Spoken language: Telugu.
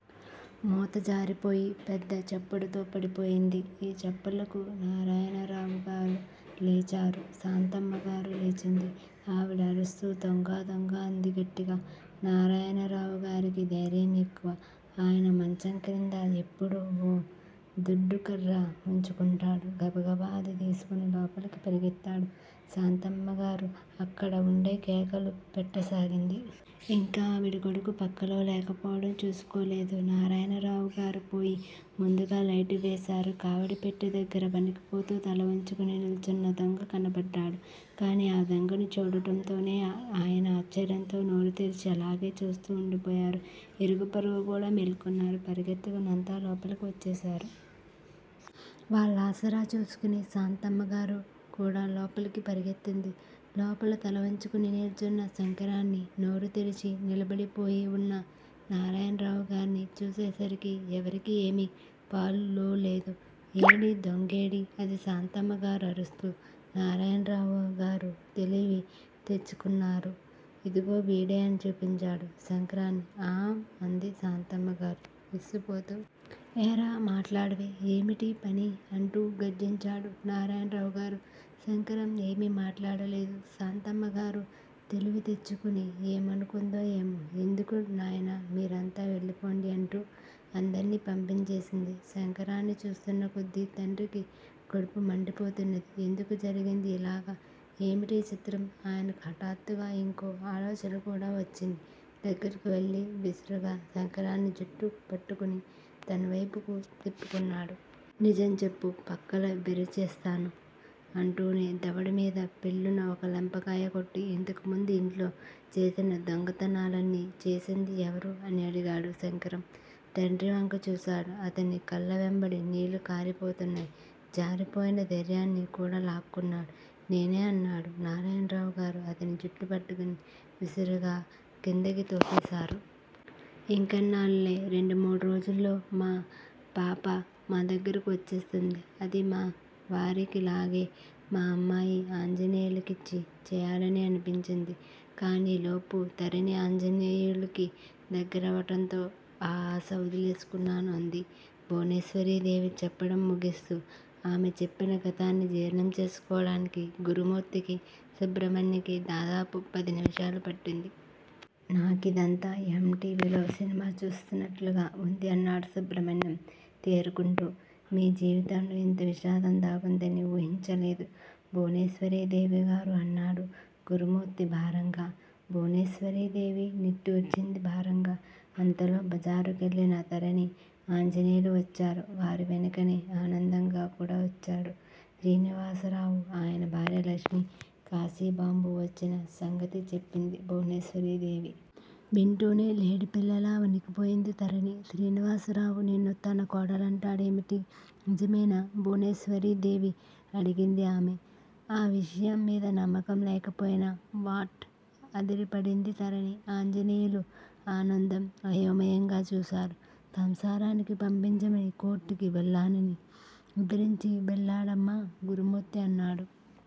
మూత జారిపోయి పెద్దచప్పుడుతో పడిపోయింది. ఈ చప్పుళ్ళకు నారాయణరావుగారు లేచారు. శాంతమ్మగారు లేచింది. ఆవిడ అరుస్తూ దొంగ దొంగ అంది గట్టిగా. నారాయణరావుగారికి ధైర్యం ఎక్కువ. ఆయన మంచంక్రింద ఎప్పుడూ ఓ దుడ్డుకర్ర వుంచుకుంటాడు. గబగబ అది తీసుకుని లోపలికి పరుగెత్తాడు. శాంతమ్మగారు అక్కడ వుండే కేకలు పెట్టసాగింది. ఇంకా ఆవిడ కొడుకు ప్రక్కలో లేకపోవటం చూసుకోలేదు. నారాయణరావుగారు పోయి ముందుగా లైటు వేశారు. కావడిపెట్టె దగ్గర వణికిపోతూ తలవంచుకుని నిల్చున్న దొంగ కనబడ్డాడు. కాని ఆ దొంగని చూడటంతోనే ఆయన ఆశ్చర్యంతో నోరుతెరిచి అలాగే చూస్తూ వుండిపోయారు. ఇరుగు పొరుగుకూడా మేలుకున్నారు. పరుగెత్తుకుని అంతా లోపలికి వచ్చేశారు. వాళ్ళ ఆసరా చూసుకుని శాంతమ్మగారుకూడా లోపలికి పరుగెత్తింది. లోపల తలవంచుకుని నిల్చున్న శంకరాన్ని, నోరుతెరచి నిలబడిపోయి వున్న నారాయణరావుగార్నీ చూసేసరికి ఎవరికీ ఏమీ పాలులోలేదు. ఏడీ దొంగేడీ? అంది శాంతమ్మగారు అరుస్తూ నారాయణరావుగారు తెలివి తెచ్చుకున్నారు. ఇదిగో వీడే అని చూపించాడు శంకరాన్ని ఆఁ అంది శాంతమ్మగారు విస్తుపోతూ. ఏరా మాట్లాడవే? ఏమిటీ పని? అంటూ గర్జించాడు నారాయణరావు గారు. శంకరం ఏమీ మాట్లాడలేదు. శాంతమ్మగారు తెలివితెచ్చుకొని ఏమనుకుందో ఏమో ఎందుకు నాయనా మీరంతా వెళ్ళిపొండి అంటూ అందర్నీ పంపించేసింది. శంకరాన్ని చూస్తున్నకొద్దీ తండ్రికి కడుపు మండిపోతున్నది. ఎందుకు జరిగింది యిలాగ? ఏమిటీ చిత్రం? ఆయనకు హఠాత్తుగా యింకో ఆలోచనకూడా వహ్చింది దగ్గరకు వెళ్ళి విసురుగా శంకరాన్ని జుట్టుపట్టుకుని తనవైపుకు త్రిప్పుకున్నాడు. నిజం చెప్పు పక్కలు విరిచేసస్తాను అంటూనే దవడమీద ఫెళ్ళున ఒక లెంపకాయ కొట్టి ఇంతకుముందు యింట్లో చేసిన దొంగతనాలన్నీ చేసింది ఎవరు? అని అడిగాడు. శంకరం తండ్రివంక చూశాడు. అతని కళ్ళవెంబడి నీళ్ళు కారిపోతున్నాయి. జారిపోయిన ధైర్యాన్ని కూడలాక్కున్నాడు. నేనే అన్నాడు నారాయణరావుగారు అతన్ని జుట్టుపట్టుకుని విసురుగా క్రిందికి తోసేశారు. ఇంకెన్నాళ్ళులే రెండు మూడు రోజుల్లో మా పాప మా దగ్గరకు వచ్చేస్తుంది. అధి మా వారికిలాగే మా అమ్మాయిని ఆంజనేయులికిచ్చి చేయాలనే అనిపించింది. కానీలోపు తరణి ఆంజనేయులికి దగ్గరవటంతో ఆ ఆశ వదిలేసుకున్నాను అంది భువనేశ్వరీదేవి చెప్పటం ముగిస్తూ. ఆమె చెప్పిన గతాన్ని జీర్ణం చేసుకోటానికి గురుమూర్తికి, సుబ్రమణ్యంకి దాదాపు పది నిమిషాలు పట్టింది. నాకిదంతా ఎమ్ టీవిలో సినిమా చూసినట్లుగా ఉంది అన్నాడు సుబ్రమణ్యం తేరుకుంటూ. మీ జీవితంలో ఇంత విషాదం దాగుందని ఊహించలేదు భువనేశ్వరీదేవిగారు అన్నాడు గురుమూర్తి భారంగా. భువనేశ్వరీదేవి నిట్టూర్చింది భారంగా. అంతలో బజారుకెళ్ళిన తరణి, ఆంజనేయులు వచ్చారు. వారి వెనుకే ఆనందం కూడా వచ్చాడు. శ్రీనివాసరావు, ఆయన భార్య లక్ష్మి, కాశీబాంబు వచ్చిన సంగతి చెప్పింది భువనేశ్వరీదేవి. వింటూనే లేడిపిల్లలా వణికిపోయింది తరణి. శ్రీనివాసరావు నిన్ను తన కోడలంటాడేమిటి? నిజమేనా? భువనేశ్వరీ దేవి అడిగింది ఆమె ఆ విషయం మీద నమ్మకం లేకపోయినా. వ్వాట్?! అదిరిపడింది తరణి. ఆంజనేయులు, ఆనందం అయోమయంగా చూశారు. సంసారానికి పంపించమని కోర్టుకి వెళ్తానని బెదిరించి వెళ్ళాడమ్మా గురుమూర్తి అన్నాడు.